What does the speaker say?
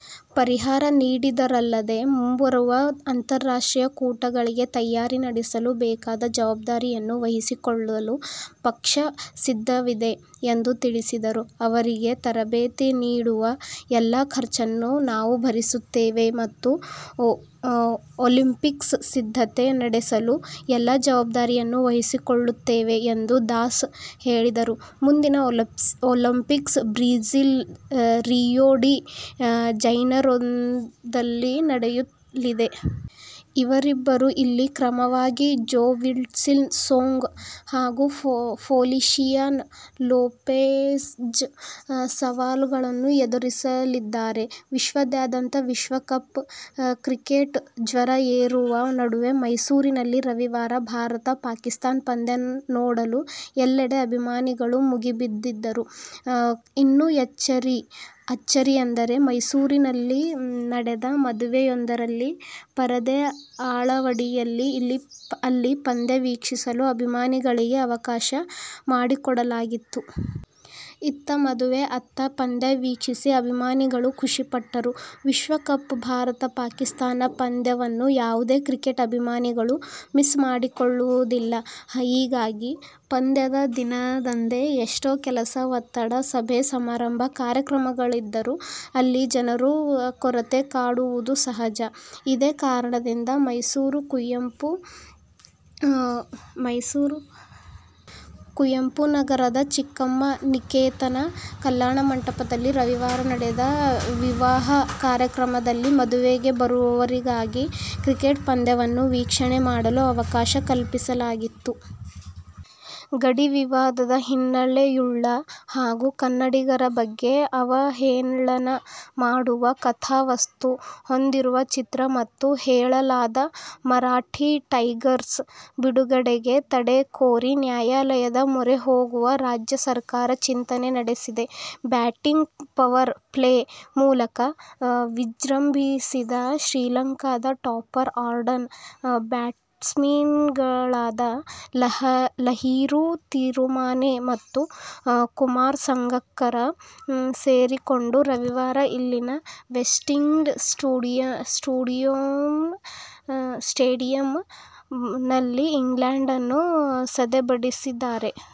ಪರಿಹಾರ ನೀಡಿದರಲ್ಲದೇ ಮುಂಬರುವ ಅಂತಾರಾಷ್ಟ್ರೀಯ ಕೂಟಗಳಿಗೆ ತಯಾರಿ ನಡೆಸಲು ಬೇಕಾದ ಜವಾಬ್ದಾರಿಯನ್ನು ವಹಿಸಿಕೊಳ್ಳಲು ಪಕ್ಷ ಸಿದ್ಧವಿದೆ ಎಂದು ತಿಳಿಸಿದರು. ಅವರಿಗೆ ತರಬೇತಿ ನೀಡುವ ಎಲ್ಲ ಖರ್ಚನ್ನು ನಾವು ಭರಿಸಲಿದ್ದೇವೆ ಮತ್ತು ಒಲಿಂಪಿಕ್ಸ್ಗೆ ಸಿದ್ಧತೆ ನಡೆಸಲು ಎಲ್ಲ ಜವಾಬ್ದಾರಿಯನ್ನು ವಹಿಸಿಕೊಳ್ಳಲಿದ್ದೇವೆ ಎಂದು ದಾಸ್ ಹೇಳಿದರು. ಮುಂದಿನ ಒಲಿಂಪಿಕ್ಸ್ ಬ್ರಝಿಲ್ನ ರಿಯೊ ಡಿ ಜನೈರೊದಲ್ಲಿ ನಡೆಯಲಿದೆ. ಇವರಿಬ್ಬರು ಇಲ್ಲಿ ಕ್ರಮವಾಗಿ ಜೋ ವಿಲ್ಫ್ರೆಡ್ ಸೋಂಗ ಹಾಗೂ ಫೆಲಿಶಿಯಾನೊ ಲೋಪೆಜ್ ಸವಾಲನ್ನು ಎದುರಿಸಲಿದ್ದಾರೆ. ವಿಶ್ವಾದ್ಯಂತ ವಿಶ್ವಕಪ್ ಕ್ರಿಕೆಟ್ ಜ್ವರ ಏರುತ್ತಿರುವ ನಡುವೆ ಮೈಸೂರಿನಲ್ಲಿ ರವಿವಾರದ ಭಾರತ-ಪಾಕಿಸ್ಥಾನ ಪಂದ್ಯ ನೋಡಲು ಎಲ್ಲೆಡೆ ಅಭಿಮಾನಿಗಳು ಮುಗಿಬಿದ್ದಿದ್ದರು. ಇನ್ನೂ ಅಚ್ಚರಿ ಎಂದರೆ ಮೈಸೂರಿನಲ್ಲಿ ನಡೆದ ಮದುವೆಯೊಂದರಲ್ಲೇ ಪರದೆ ಅಳವಡಿಸಿ ಅಲ್ಲಿ ಪಂದ್ಯ ವೀಕ್ಷಿಸಲು ಅಭಿಮಾನಿಗಳಿಗೆ ಅವಕಾಶ ಮಾಡಿಕೊಡಲಾಗಿತ್ತು. ಇತ್ತ ಮದುವೆ, ಅತ್ತ ಪಂದ್ಯ ವೀಕ್ಷಿಸಿ ಅಭಿಮಾನಿಗಳು ಖುಷಿಪಟ್ಟರು. ವಿಶ್ವ ಕಪ್ನ ಭಾರತ-ಪಾಕಿಸ್ಥಾನ ಪಂದ್ಯವನ್ನು ಯಾವುದೇ ಕ್ರಿಕೆಟ್ ಅಭಿಮಾನಿಗಳು ಮಿಸ್ ಮಾಡಿಕೊಳ್ಳು ವುದಿಲ್ಲ. ಹೀಗಾಗಿ ಪಂದ್ಯದ ದಿನದಂದು ಎಷ್ಟೇ ಕೆಲಸ, ಒತ್ತಡ, ಸಭೆ, ಸಮಾರಂಭ, ಕಾರ್ಯಕ್ರಮಗಳಿದ್ದರೂ ಅಲ್ಲಿ ಜನರ ಕೊರತೆ ಕಾಡುವುದು ಸಹಜ. ಇದೇ ಕಾರಣದಿಂದ ಮೈಸೂರಿನ ಕುವೆಂಪುನಗರದ ಚಿಕ್ಕಮ್ಮಾ ನಿಕೇತನ ಕಲ್ಯಾಣ ಮಂಟಪದಲ್ಲಿ ರವಿವಾರ ನಡೆದ ವಿವಾಹ ಕಾರ್ಯಕ್ರಮದಲ್ಲಿ ಮದುವೆಗೆ ಬರುವವರಿಗಾಗಿಯೇ ಕ್ರಿಕೆಟ್ ಪಂದ್ಯವನ್ನು ವೀಕ್ಷಣೆ ಮಾಡಲು ಅವಕಾಶ ಕಲ್ಪಿಸಲಾಗಿತ್ತು. ಗಡಿ ವಿವಾದದ ಹಿನ್ನೆಲೆಯುಳ್ಳ ಹಾಗೂ ಕನ್ನಡಿಗರ ಬಗ್ಗೆ ಅವಹೇಳನ ಮಾಡುವ ಕಥಾವಸ್ತು ಹೊಂದಿರುವ ಚಿತ್ರ ಎಂದು ಹೇಳಲಾದ "ಮರಾಠಿ ಟೈಗರ್ಸ್' ಬಿಡುಗಡೆಗೆ ತಡೆ ಕೋರಿ ನ್ಯಾಯಾಲಯದ ಮೊರೆ ಹೋಗಲು ರಾಜ್ಯ ಸರ್ಕಾರ ಚಿಂತನೆ ನಡೆಸಿದೆ. ಬ್ಯಾಟಿಂಗ್ ಪವರ್-ಪ್ಲೇ ಮೂಲಕ ವಿಜೃಂಭಿಸಿದ ಶ್ರೀಲಂಕಾದ ಟಾಪ್ ಆರ್ಡರ್ ಬ್ಯಾಟ್ಸ್ಮನ್ಗಳಾದ ಲಹಿರು ತಿರಿಮಾನೆ ಮತ್ತು ಕುಮಾರ ಸಂಗಕ್ಕರ ಸೇರಿಕೊಂಡು ರವಿವಾರ ಇಲ್ಲಿನ "ವೆಸ್ಟ್ಪಾಕ್ ಸ್ಟೇಡಿಯಂ'ನಲ್ಲಿ ಇಂಗ್ಲೆಂಡನ್ನು ಸದೆಬಡಿದಿದ್ದಾರೆ.